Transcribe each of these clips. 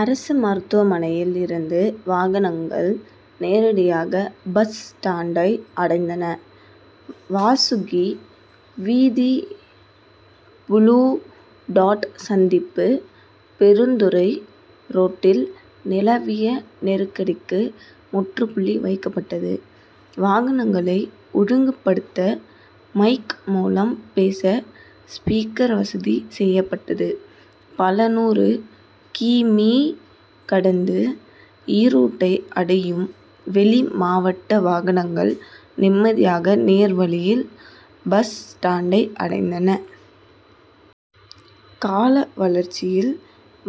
அரசு மருத்துவமனையில் இருந்து வாகனங்கள் நேரடியாக பஸ் ஸ்டாண்டை அடைந்தன. வாசுகி வீதி, புளூ டாட் சந்திப்பு, பெருந்துறை ரோட்டில் நிலவிய நெருக்கடிக்கு முற்றுப்புள்ளி வைக்கப்பட்டது. வாகனங்களை ஒழுங்குபடுத்த மைக் மூலம் பேச ஸ்பீக்கர் வசதி செய்யப்பட்டது. பல நூறு கி. மீ., கடந்து ஈரோட்டை அடையும் வெளி மாவட்ட வாகனங்கள் நிம்மதியாக நேர் வழியில் பஸ் ஸ்டாண்டை அடைந்தன. கால வளர்ச்சியில்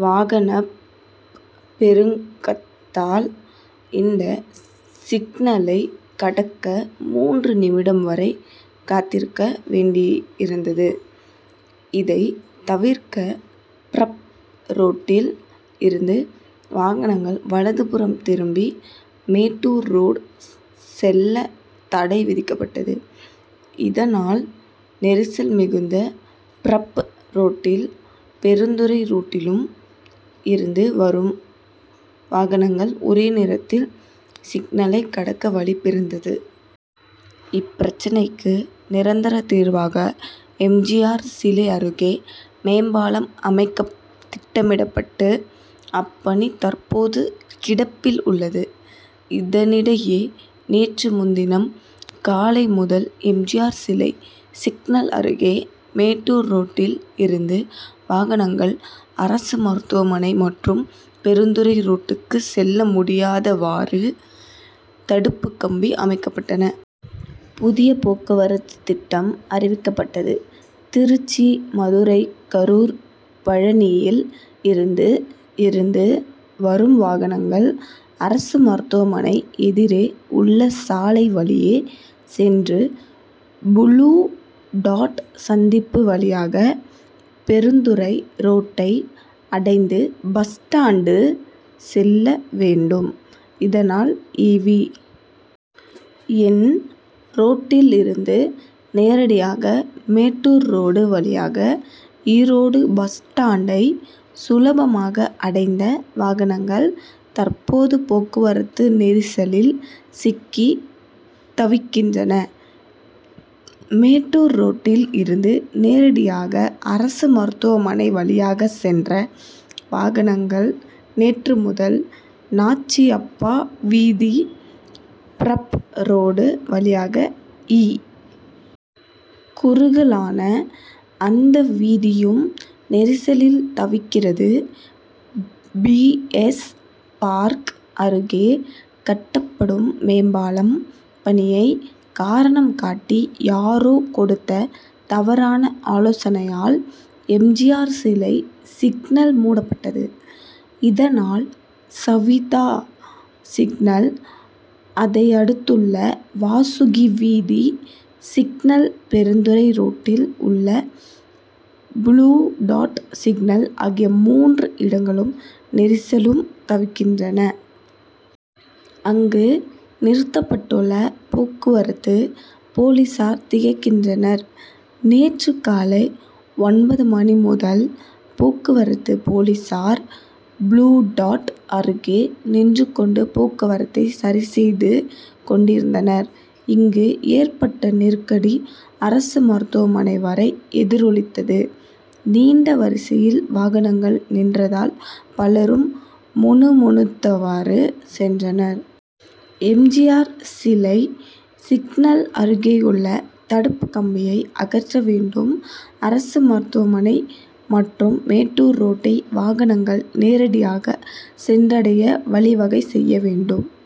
வாகனப் பெருங்கத்தால் இந்த சிக்னலை கடக்க மூன்று நிமிடம் வரை காத்திருக்க வேண்டியிருந்தது. இதை தவிர்க்க பிரப் ரோட்டில் இருந்து வாகனங்கள் வலதுபுறம் திரும்பி மேட்டூர் ரோடு செல்ல தடை விதிக்கப்பட்டது. இதனால், நெரிசல் மிகுந்த பிரப்பு ரோட்டில், பெருந்துறை ரோட்டிலும் இருந்து வரும் வாகனங்கள் ஒரே நேரத்தில் சிக்னலை கடக்க வழி பிறந்தது. இப்பிரச்னைக்கு நிரந்தர தீர்வாக எம். ஜி. ஆர். சிலை அருகே மேம்பாலம் அமைக்க திட்டமிடப்பட்டு, அப்பணி தற்போது கிடப்பில் உள்ளது. இதனிடையே, நேற்று முன்தினம் காலை முதல் எம். ஜி. ஆர்., சிலை சிக்னல் அருகே மேட்டூர் ரோட்டில் இருந்து வாகனங்கள் அரசு மருத்துவமனை மற்றும் பெருந்துறை ரோட்டுக்கு செல்ல முடியாதவாறு தடுப்பு கம்பி அமைக்கப்பட்டன. புதிய போக்குவரத்து திட்டம் அறிவிக்கப்பட்டது. திருச்சி, மதுரை கரூர், பழனியில் இருந்து இருந்து வரும் வாகனங்கள் அரசு மருத்துவமனை எதிரே உள்ள சாலை வழியே சென்று, புளூ டாட்' சந்திப்பு வழியாக பெருந்துறை ரோட்டை அடைந்து பஸ் ஸ்டாண்டு செல்ல வேண்டும். இதனால், ஈ. வி. என்., ரோட்டில் இருந்து நேரடியாக மேட்டூர் ரோடு வழியாக ஈரோடு பஸ் ஸ்டாண்டை சுலபமாக அடைந்த வாகனங்கள் தற்போது போக்குவரத்து நெரிசலில் சிக்கி தவிக்கின்றன. மேட்டூர் ரோட்டில் இருந்து நேரடியாக அரசு மருத்துவமனை வழியாக சென்ற வாகனங்கள், நேற்று முதல் நாச்சியப்பா வீதி, பிரப் ரோடு, வழியாக இ. குறுகலான அந்த வீதியும் நெரிசலில் தவிக்கிறது. பீ. எஸ். பார்க் அருகே கட்டப்படும் மேம்பாலம் பணியை காரணம் காட்டி, யாரோ கொடுத்த தவறான ஆலோசனையால் எம். ஜி. ஆர். சிலை சிக்னல் மூடப்பட்டது. இதனால், சவீதா சிக்னல், அதையடுத்துள்ள வாசுகி வீதி சிக்னல், பெருந்துறை ரோட்டில் உள்ள புளூ டாட்' சிக்னல் ஆகிய மூன்று இடங்களும் நெரிசலும் தவிக்கின்றன. அங்கு நிறுத்தப்பட்டுள்ள போக்குவரத்து போலீஸார் திகைக்கின்றனர். நேற்று காலை ஒன்பது மணி முதல் போக்குவரத்து போலீஸார், புளூ டாட்' அருகே நின்று கொண்டு போக்குவரத்தை சரி செய்து கொண்டிருந்தனர். இங்கு ஏற்பட்ட நெருக்கடி, அரசு மருத்துவமனை வரை எதிரொலித்தது. நீண்ட வரிசையில் வாகனங்கள் நின்றதால் பலரும் முணுமுணுத்தவாறு சென்றனர். எம். ஜி. ஆர்., சிலை சிக்னல் அருகேயுள்ள தடுப்பு கம்பியை அகற்ற வேண்டும். அரசு மருத்துவமனை மற்றும் மேட்டூர் ரோட்டை வாகனங்கள் நேரடியாக சென்றடைய வழி வகை செய்ய வேண்டும்.